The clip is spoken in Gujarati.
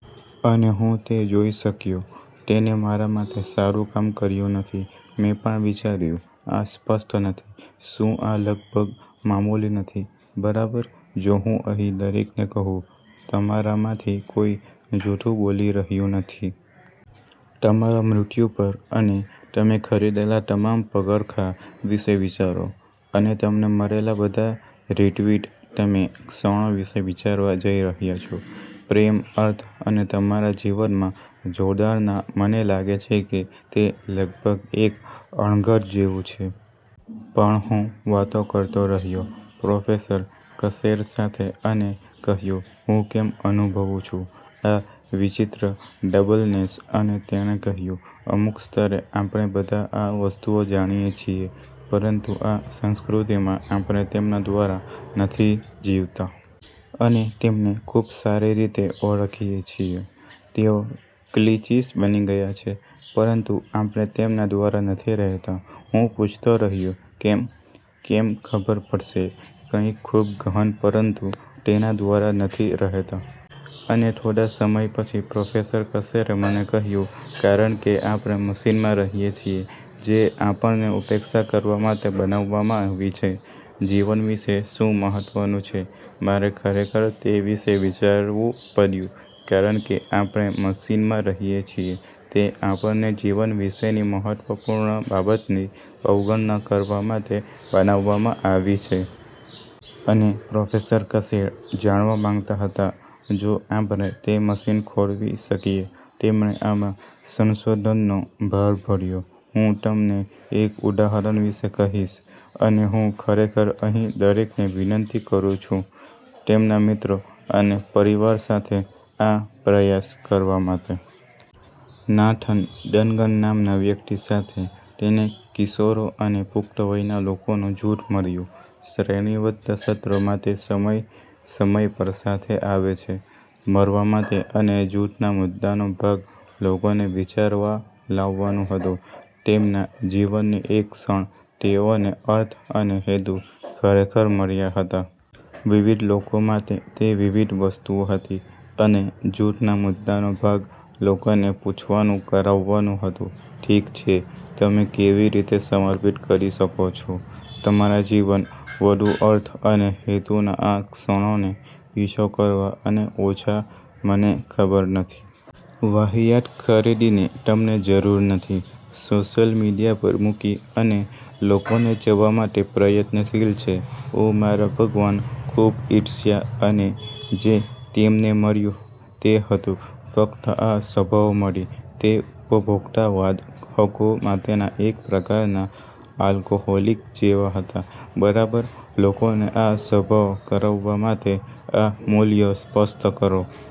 અને હું તે જોઈ શક્યો. તેને મારા માટે સારું કામ કર્યું નથી. મેં પણ વિચાર્યું, આ સ્પષ્ટ નથી? શું આ લગભગ મામૂલી નથી, બરાબર? જો હું અહીં દરેકને કહું, તમારામાંથી કોઈ જૂઠું બોલી રહ્યું નથી. તમારા મૃત્યુ પર અને તમે ખરીદેલા તમામ પગરખાં વિશે વિચારો અને તમને મળેલા બધા રિટ્વીટ. તમે ક્ષણો વિશે વિચારવા જઈ રહ્યાં છો. પ્રેમ, અર્થ અને તમારા જીવનમાં જોડાણના. મને લાગે છે કે તે લગભગ એક અણઘડ જેવું છે. પણ હું વાતો કરતો રહ્યો પ્રોફેસર કશેર સાથે અને કહ્યું, "હું કેમ અનુભવું છું આ વિચિત્ર ડબલનેસ?" અને તેણે કહ્યું, "અમુક સ્તરે, આપણે બધા આ વસ્તુઓ જાણીએ છીએ પરંતુ આ સંસ્કૃતિમાં આપણે તેમના દ્વારા નથી જીવતા." અમે તેમને ખૂબ સારી રીતે ઓળખીએ છીએ. તેઓ ક્લીચીસ બની ગયા છે, પરંતુ આપણે તેમના દ્વારા નથી રહેતા. હું પૂછતો રહ્યો કેમ, કેમ ખબર પડશે કંઈક ખૂબ ગહન પરંતુ તેના દ્વારા નથી રહેતા? અને થોડા સમય પછી પ્રોફેસર કશેરે મને કહ્યું, "કારણ કે આપણે મશીનમાં રહીએ છીએ જે આપણને ઉપેક્ષા કરવા માટે બનાવવામાં આવી છે. જીવન વિશે શું મહત્વનું છે મારે ખરેખર તે વિશે વિચારવું પડ્યું કારણ કે આપણે મશીનમાં રહીએ છીએ તે આપણને જીવન વિશેની મહત્વપૂર્ણ બાબતની અવગણના કરવા માટે બનાવવામાં આવી છે. અને પ્રોફેસર કશેર જાણવા માંગતા હતા જો આપણે તે મશીન ખોરવી શકીએ. તેમણે આમાં સંશોધનનો ભાર ભર્યો. હું તમને એક ઉદાહરણ વિશે કહીશ, અને હું ખરેખર અહીં દરેકને વિનંતી કરું છું તેમના મિત્રો અને પરિવાર સાથે આ પ્રયાસ કરવા માટે. નાથન ડનગન નામના વ્યક્તિ સાથે તેને કિશોરો અને પુખ્ત વયના લોકોનું જૂથ મળ્યું. શ્રેણીબદ્ધ સત્રો માટે સમય સમય પર સાથે આવે છે મળવા માટે અને જૂથના મુદ્દાનો ભાગ લોકોને વિચારવા લાવવાનું હતું. તેમના જીવનની એક ક્ષણ તેઓને અર્થ અને હેતુ ખરેખર મળ્યા હતા. વિવિધ લોકો માટે તે વિવિધ વસ્તુઓ હતી અને જૂથના મુદ્દાનો ભાગ લોકોને પૂછવાનું કરાવવાનું હતું. ઠીક છે. તમે કેવી રીતે સમર્પિત કરી શકો છો તમારા જીવન વધુ અર્થ અને હેતુના આ ક્ષણોનો પીછો કરવા અને ઓછા, મને ખબર નથી. વાહિયાત ખરીદીની તમને જરૂર નથી, સોશિયલ મીડિયા પર મૂકી અને લોકોને જવા માટે પ્રયત્નશીલ છે. ઓ મારા ભગવાન, ખૂબ ઇર્ષ્યા! અને જે તેમને મળ્યું તે હતું. ફક્ત આ સભાઓ મળી, તે ઉપભોક્તાવાદ, હકો માટેના એક પ્રકારનાં આલ્કોહોલિક જેવા હતા, બરાબર? લોકોને આ સભાઓ કરાવવા માટે, આ મૂલ્યો સ્પષ્ટ કરો.